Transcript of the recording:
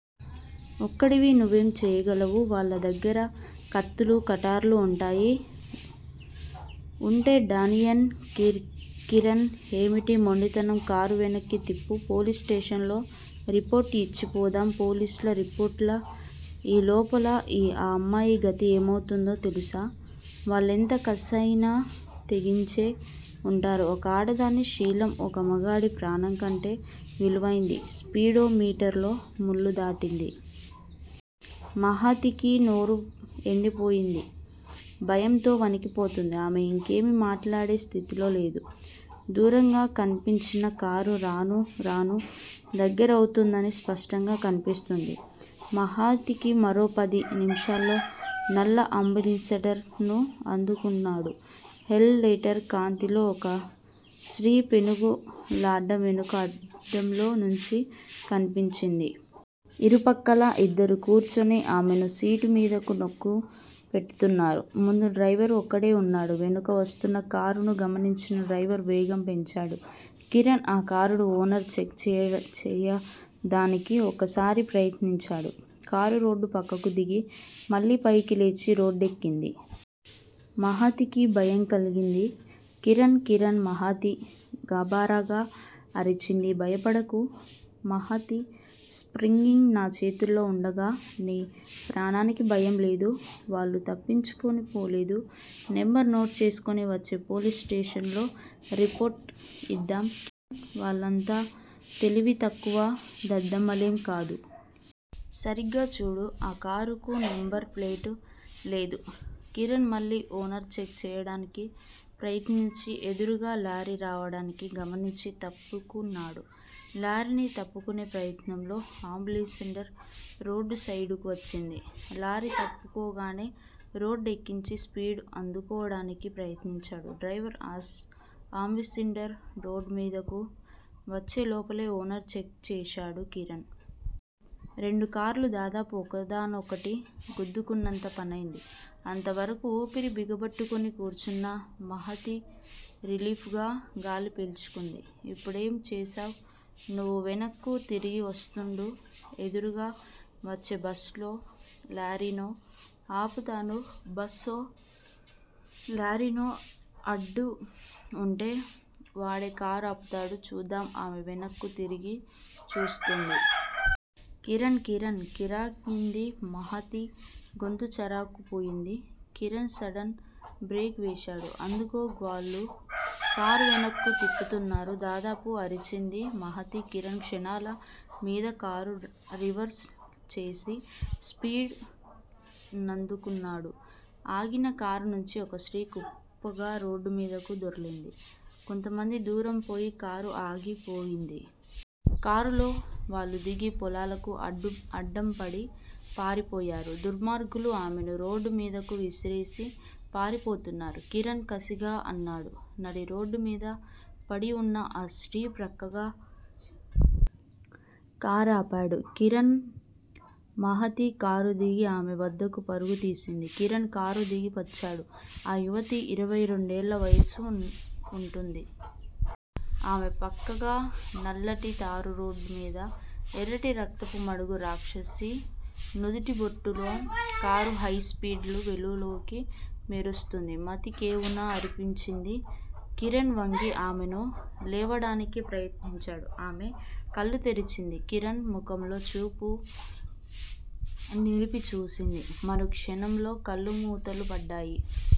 ఒక్కడివి, నువ్వేం చెయ్యగలవు. వాళ్ళ దగ్గర కత్తులు, కటార్లు వుంటాయి వుంటే వుండనియ్ కిరణ్, ఏమిటీ మొండితనం? కారు వెనక్కు తిప్పు. పోలీసు స్టేషన్ లో రిపోర్టు ఇచ్చి పోదాం పోలీసులా? రిపోర్టా? ఈలోపల ఆ అమ్మాయి గతి ఏమౌతుందో తెలుసా? వాళ్ళెంత కయినా తెగించే వుంటారు ఒక ఆడదాని శీలం ఒక మగాడి ప్రాణం కంటే విలువైంది స్పీడో మీటర్ లో ముల్లు దాటింది. మహతికి నోరు ఎండిపోతోంది. భయంతో వణికిపోతోంది. ఆమె ఇంకేమీ మాట్లాడే స్థితిలో లేదు. దూరంగా కన్పించిన కారు రానురాను దగ్గరౌతున్నది. స్పష్టంగా కన్పిస్తోంది మహతికి. మరో పది నిముషాల్లో నల్ల అంబాసిడర్ ను అందుకున్నాడు. హెడ్ లైట్ల కాంతిలో ఒక స్త్రీ పెనుగు లాడటం వెనక అద్దంలో నుంచి కన్పించింది. ఇరుపక్కలా ఇద్దరు కూర్చుని ఆమెను సీటు మీదకు నొక్కిపెడుతున్నారు. ముందు డ్రైవర్ ఒక్కడే వున్నాడు. వెనక వస్తున్న కారును గమనించిన డ్రైవర్ వేగం పెంచాడు. కిరణ్ ఆ కారును ఓవర్ టేక్ చెయ్యదానికి ఒకసారి ప్రయత్నించాడు. కారు రోడ్డు పక్కకు దిగి, మళ్ళీ పైకి లేచి రోడ్డెక్కింది. మహతికి భయం కలిగింది. కిరణ్! కిరణ్! మహతి గాభరాగా అరిచింది. భయపడకు మహతీ! స్టీరింగ్ నా చేతుల్లో వుండగా నీ ప్రాణానికి భయంలేదు. వాళ్ళు తప్పించుకునిపోలేరు నంబరు నోట్ చేసుకుని వచ్చే పోలీస్ స్టేషన్ లో రిపోర్టు ఇద్దాం కిరణ్ వాళ్ళంత తెలివితక్కువ దద్దమ్మ లేం కాదు. సరిగ్గా చూడు. ఆకారుకు నంబరు ప్లేటు లేదు. కిరణ్ మళ్ళీ ఓవర్ టేక్ చెయ్యడానికి ప్రయత్నించి, ఎదురుగా లారీ రావడాన్ని గమనించి తప్పుకున్నాడు. లారీని తప్పుకునే ప్రయత్నంలో అంబాసిడర్ రోడ్డు సైడుకు వచ్చింది. లారీ తప్పుకోగానే రోడ్డు ఎక్కించి స్పీడు అందుకోవడానికి ప్రయత్నించాడు డ్రైవర్. అంబాసిడర్ రోడ్డు మధ్యకు వచ్చే లోపలే ఓవర్ టేక్ చేశాడు కిరణ్. రెండు కార్లూ దాదాపు ఒకదాన్నొకటి గుద్దుకున్నంత పనైంది. అంతవరకూ ఊపిరి బిగబట్టుకుని కూర్చున్న మహతి రిలీఫ్ గా గాలి పీల్చుకుంది. ఇప్పుడేం చేస్తావ్? నువ్వు వెనక్కు తిరిగి చూస్తుండు. ఎదురుగా వచ్చేబస్సునో, లారీనో ఆపుతాను. బస్సో, లారీనో అడ్డంవుంటే వాడే కారు ఆపుతాడు చూద్దాం ఆమె వెనక్కు తిరిగిచూస్తోంది. కిరణ్! కిరణ్! కారాగింది మహతి గొంతురాచుకు పోయింది. కిరణ్ సడన్ బ్రేకువేశాడు. అదుగో వాళ్ళు కారువెనక్కు తిప్పుతున్నారు దాదాపు అరిచింది మహతి. కిరణ్ క్షణాల మీధకారు రివర్స్ చేసి స్పీడు నందుకున్నాడు. ఆగిన కారు నుంచి ఒక స్త్రీ కుప్పగా రోడ్డుమీదకు దొర్లింది. మరికొంత దూరం పోయి కారు ఆగిపోయింది. కారులో వాళ్ళుదిగి పొలాలకు అడ్డంపడి పారిపోయారు. దుర్మార్గులు ఆమెనురోడ్డుమీదకు విసిరేసి పారిపోతున్నారు కిరణ్ కసిగా అన్నాడు. నడిరోడ్డు మీద పడివున్న ఆ స్త్రీ పక్కగా కారాపాడు కిరణ్. మహతి కారుదిగి ఆమె వద్దకు పరుగు తీసింది. కిరణ్ కారు దిగి వచ్చాడు. ఆ యువతి ఇరవై రెండేళ్ళ వయసు వుంటుంది. ఆమె పక్కగా నల్లటితారురోడ్డు మీద ఎర్రటిరక్తపు మడుగు రాక్షసి నుదుటిబొట్టులా కారు హెడ్ లైట్సు వెలుగులో మెరుస్తోంది. మహతి కెవ్వున అరిచింది. కిరణ్ వంగి ఆమెను లేవదీయడానికి ప్రయత్నించాడు. ఆమె కళ్ళు తెరిచింది. కిరణ్ ముఖంలో చూపులు నిలిపి చూసింది. మరోక్షణంలో కళ్ళు మూతలు పడ్డాయి.